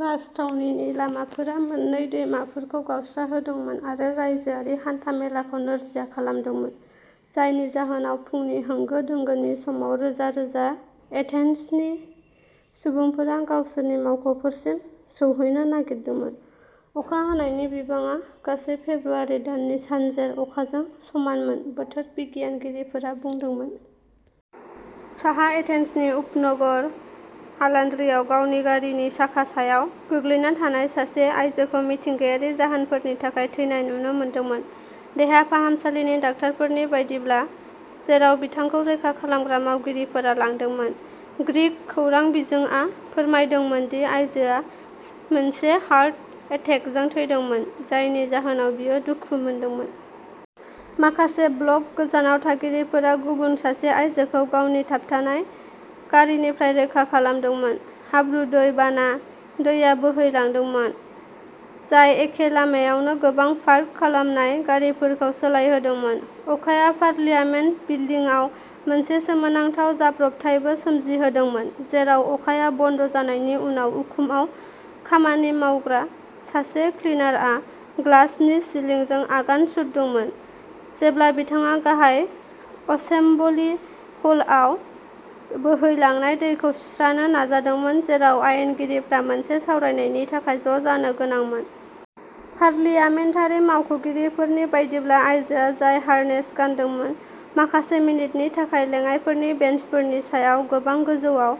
राजथावनिनि लामाफोरा मोन्नै दैमाफोरखौ गावस्राहोदोंमोन आरो रायजोआरि हान्था मेलाखौ नोरजिया खालामदोंमोन। जायनि जाहोनाव फुंनि होंगो दोंगोनि समाव रोजा रोजा एथेन्सनि सुबुंफोरा गावसोरनि मावख'फोरसिम सौहैनो नागिरदोंमोन। अखा हानायनि बिबाङा गासै फेब्रुआरि दाननि सानजेर अखाजों समानमोन बोथोर बिगियानगिरिफोरा बुंदोंमोन। साहा एथेन्सनि उपनगर हालान्ड्रिआव गावनि गारिनि साखा सायाव गोग्लैना थानाय सासे आयजोखौ मिथिंगायारि जाहोनफोरनि थाखाय थैनाय नुनो मोनदोंमोन। देहा फाहामसालिनि डाक्टारफोरनि बायदिब्ला जेराव बिथांखौ रैखा खालामग्रा मावगिरिफोरा लांदोंमोन। ग्रीक खौरां बिजोंआ फोरमायदोंमोन दि आइजोआ मोनसे हार्ट एटेकजों थैदोंमोन जायनि जाहोनाव बियो दुखु मोनदोंमोन। माखासे ब्लक गोजानाव थागिरिफोरा गुबुन सासे आयजोखौ गावनि थाबथानाय गारिनिफ्राय रैखा खालामदोंमोन। हाब्रु दै बाना दैया बोहैलांदोंमोन जाय एखे लामायावनो गोबां पार्क खालामनाय गारिफोरखौ सोलायहोदोंमोन। अखाया पार्लियामेन्ट बिल्डिंआव मोनसे सोमोनांथाव जाब्रबथायबो सोमजिहोदोंमोन। जेराव अखाया बन्द जानायनि उनाव उखुमआव खामानि मावग्रा सासे क्लिनारआ ग्लासनि सिलिंजों आगान सुरदोंमोन जेब्ला बिथाङा गाहाय असेम्बलि हलआव बोहैलांनाय दैखौ सुस्रानो नाजादोंमोन जेराव आयेनगिरिफ्रा मोनसे सावरायनायनि थाखाय ज'जानो गोनांमोन। पार्लियामेन्टारि मावख'गिरिफोरनि बायदिब्ला आयजोआ जाय हार्नेस गानदोंमोन माखासे मिनिटनि थाखाय लेङाइफोरनि बेन्चफोरनि सायाव गोबां गोजौआव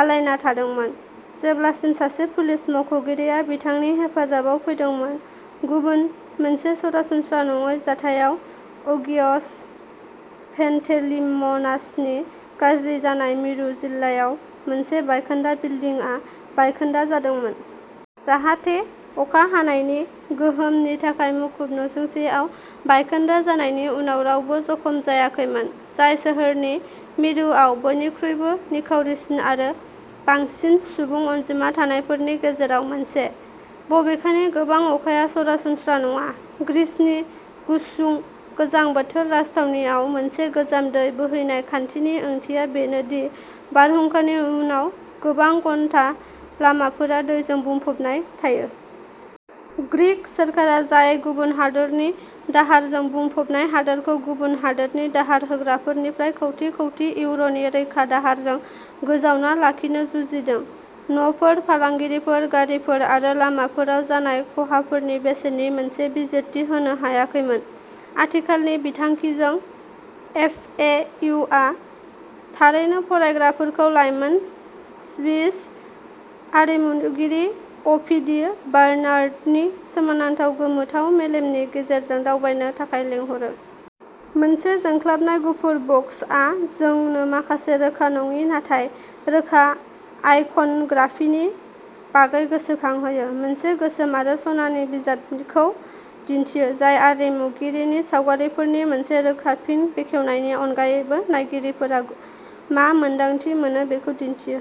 आलायना थादोंमोन। जेब्लासिम सासे पुलिस मावख'गिरिया बिथांनि हेफाजाबाव फैदोंमोन। गुबुन मोनसे सरासनस्रा नङै जाथायाव अगियस पेन्टेलिमनासनि गाज्रि जानाय मिरु जिल्लायाव मोनसे बायखोन्दा बिल्डिंआ बायखोन्दा जादोंमोन। जाहाते अखा हानायनि गोहोमनि थाखाय मुखुब नसुंसेआव बायखोन्दा जानायनि उनाव रावबो जखम जायाखैमोन। जाय सोहोरनि मिरुआव बयनिख्रुइबो निखावरिसिन आरो बांसिन सुबुं अनजिमा थानायफोरनि गेजेराव मोनसे। बबेखानि गोबां अखाया सरासनस्रा नङा। ग्रीसनि गुसुं गोजां बोथोर राजथावनिआव मोनसे गोजाम दै बोहैनाय खान्थिनि ओंथिया बेनो दि बारहुंखानि उनाव गोबां घन्टा लामाफोरा दैजों बुंफबनाय थायो। ग्रीक सोरखारा जाय गुबुन हादरनि दाहारजों बुंफबनाय हादरखौ गुबुन हादरनि दाहार होग्राफोरनिफ्राय कौटि कौटि इउर'नि रैखा दाहारजों गोजावना लाखिनो जुजिदों। न'फोर फालांगिफोर गारिफोर आरो लामाफोराव जानाय खहाफोरनि बेसेननि मोनसे बिजिरथि होनो हायाखैमोन। आथिखालनि बिथांखिजों एफ ए इउ आ थारैनो फरायग्राफोरखौ लाइमोन स्विस आरिमुगिरि अ पि डि बार्नार्डनि सोमोनांथाव गोमोथाव मेलेमनि गेजेरजों दावबायनो थाखाय लिंहरो। मोनसे जोंख्लाबनाय गुफुर बक्सआ जोंनो माखासे रोखा नङि नाथाय रोखा आइकनग्राफिनि बागै गोसोखांहोयो मोनसे गोसोम आरो सनानि बिजाबखौ दिन्थियो। जाय आरिमुगिरिनि सावगारिफोरनि मोनसे रोखा फिन बेखेवनायनि अनगायैबो नायगिरिफोरा मा मोन्दांथि मोनो बेखौ दिन्थियो।